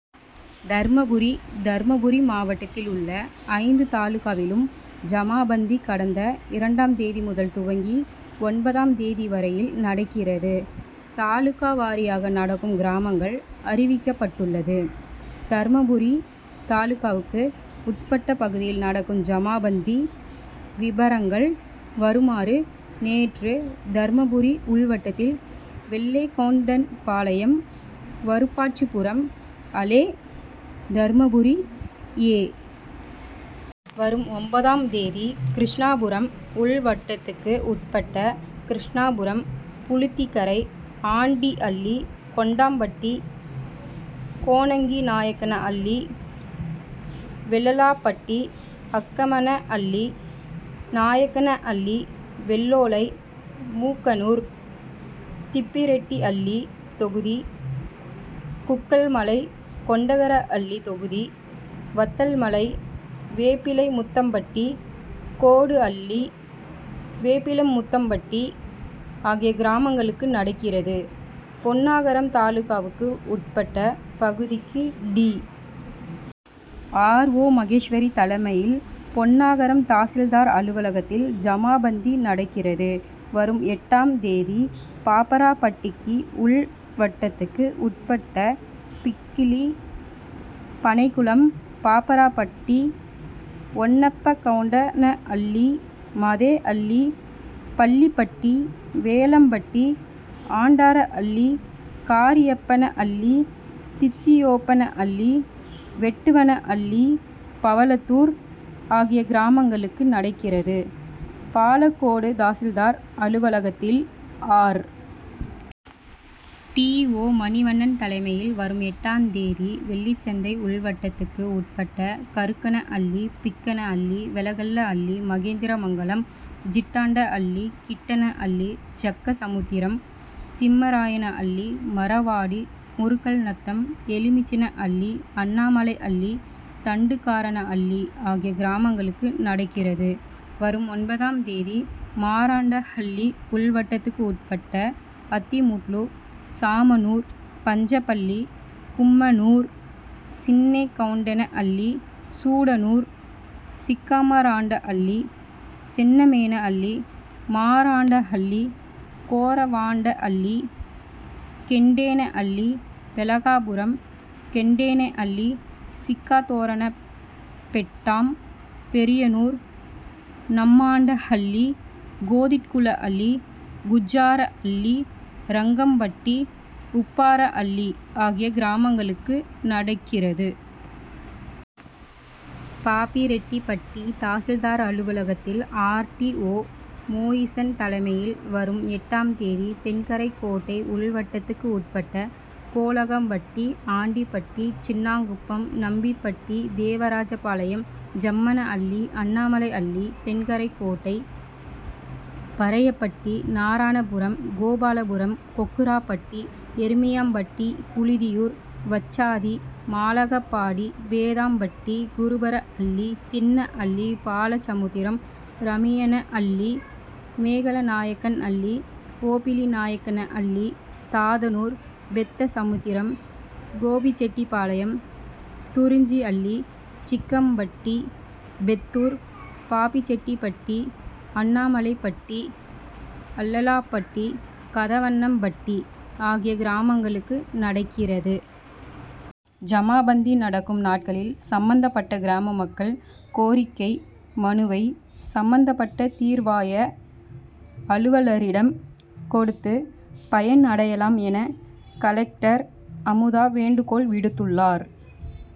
தர்மபுரி தர்மபுரி மாவட்டத்தில் உள்ள ஐந்து தாலுகாவிலும் ஜமாபந்தி கடந்த இரண்டாம் தேதி முதல் துவங்கி வரும் ஒன்பதாம் தேதி வரையில் நடக்கிறது. தாலுகா வாரியாக நடக்கும் கிராமங்கள் அறிவிக்கப்பட்டுள்ளது. தர்மபுரி தாலுகாவுக்கு உட்பட்ட பகுதியில் நடக்கும் ஜமாபந்தி விபரங்கள் வருமாறு நேற்று தர்மபுரி உள்வட்டத்தில் வெள்ளேகவுண்டன்பாளையம், வருப்பாட்சிபுரம், அளே தர்மபுரி, ஏ. வரும் ஒன்பதாம் தேதி கிருஷ்ணாபுரம் உள்வட்டத்துக்கு உட்பட்ட கிருஷ்ணாபுரம், புளுதிக்கரை, ஆண்டிஅள்ளி, கொண்டம்பட்டி, கோணங்கிநாயக்கனஅள்ளி, வெள்ளாளப்பட்டி, அக்கமன அள்ளி, நாயக்கனஅள்ளி, வெள்ளோலை, மூக்கனூர், திப்பிரெட்டிஅள்ளி தொகுதி, குக்கல் மலை, கொண்டகரஅள்ளி தொகுதி, வத்தல்மலை, வேப்பிலைமுத்தம்பட்டி, கோடுஅள்ளி, வேப்பிலைமுத்தம்பட்டி ஆகிய கிராமங்களுக்கு நடக்கிறது. பென்னாகரம் தாலுகாவுக்கு உட்பட்ட பகுதிக்கு டி. ஆர். ஓ., மகேஸ்வரி தலைமையில் பென்னாகரம் தாசில்தார் அலுவலகத்தில் ஜமாபந்தி நடக்கிறது. வரும் எட்டாம் தேதி பாப்பாரப்பட்டி உள் வட்டத்துக்கு உட்பட்ட பிக்கிலி, பனைகுளம், பாப்பாரப்பட்டி, ஒன்னப்பகவுண்டனஅள்ளி, மதேஅள்ளி, பள்ளிப்பட்டி, வேலம்பட்டி, ஆண்டாரஅள்ளி, கரியப்பனஅள்ளி, தித்தியோப்பனஅள்ளி, வட்டுவனஅள்ளி, பவளத்தூர் ஆகிய கிராமங்களுக்கு நடக்கிறது. பாலக்கோடு தாசில்தார் அலுவலகத்தில் ஆர். டி. ஓ., மணிவண்ணன் தலைமையில் வரும் எட்டாம் தேதி வெள்ளிசந்தை உள்வட்டத்துக்கு உட்பட்ட கருக்கனஅள்ளி, பிக்கனஅள்ளி, வெலகலஅள்ளி, மகேந்திரமங்கலம், ஜிட்டாண்டஅள்ளி, கிட்டனஅள்ளி, ஜக்கசமுத்திரம், திம்மராயனஅள்ளி, மாரவாடி, முருக்கல்நத்தம், எலுமிச்சனஅள்ளி, அண்ணாமலை அள்ளி, தண்டுகாரனஅள்ளி, ஆகிய கிராமங்களுக்கு நடக்கிறது. வரும் ஒன்பதாம் தேதி மாரண்டஹள்ளி உள் வட்டத்துக்கு உட்பட்ட அத்திமுட்லு, சாமனூர், பஞ்சப்பள்ளி, கும்மனூர், சின்னேகவுண்டனஅள்ளி, சூடனூர், சிக்கமாரண்டஅள்ளி, சென்னமேனஅள்ளி, மாரண்டஹள்ளி, கொரவாண்டஅள்ளி, கெண்டேனஅள்ளி, பெலகாபுரம், கெண்டேனஅள்ளி, சிக்கதோரணப்பெட்டாம், பெரியானூர், நம்மாண்டஹள்ளி, கோதிகுட்லஅள்ளி, குஜ்ஜாரஅள்ளி, ரங்கம்பட்டி உப்பாரஅள்ளி ஆகிய கிராமங்களுக்கு நடக்கிறது. பாப்பிரெட்டிப்பட்டி தாசில்தார் அலுவலகத்தில் ஆர். டி. ஓ., மோயிசன் தலைமையில் வரும் எட்டாம் தேதி தென்கரைக்கோட்டை உள்வட்டத்துக்கு உட்பட்ட கொளகம்பட்டி, ஆண்டிப்பட்டி, சின்னாங்குப்பம், நம்பிப்பட்டி, தேவராஜபாளையம், ஜம்மனஅள்ளி, அண்ணாமலைஅள்ளி, தென்கரைக்கோட்டை, பறையப்பட்டி, நாரணாபுரம், கோபாலபுரம், கொக்காரப்பட்டி, எருமியாம்பட்டி, புழுதியூர், வாச்சாத்தி, மாலகப்பாடி, பேதாதம்பட்டி, குருபரஅள்ளி, தின்ன அள்ளி, பாலசமுத்திரம், ராமியனஅள்ளி, மேகலநாயக்கன்அள்ளி, ஓபிளிநாயக்கன அள்ளி, தாதனூர், பெத்தசமுத்திரம், கோபிசெட்டிப்பாளையம், துரிஞ்சிஅள்ளி, சிக்கம்பட்டி, பெத்தூர், பாப்பிசெட்டிப்பட்டி, அண்ணாமலைப்பட்டி, அல்லாலப்பட்டி, கதவனம்பட்டி ஆகிய கிராமங்களுக்கு நடக்கிறது. ஜமாபந்தி நடக்கும் நாட்களில் சம்பந்தப்பட்ட கிராம மக்கள் கோரிக்கை மனுவை சம்பந்தப்பட்ட தீர்வாய அலுவலரிடம் கொடுத்து பயன் அடையலாம் என கலெக்டர் அமுதா வேண்டுகோள் விடுத்துள்ளார்.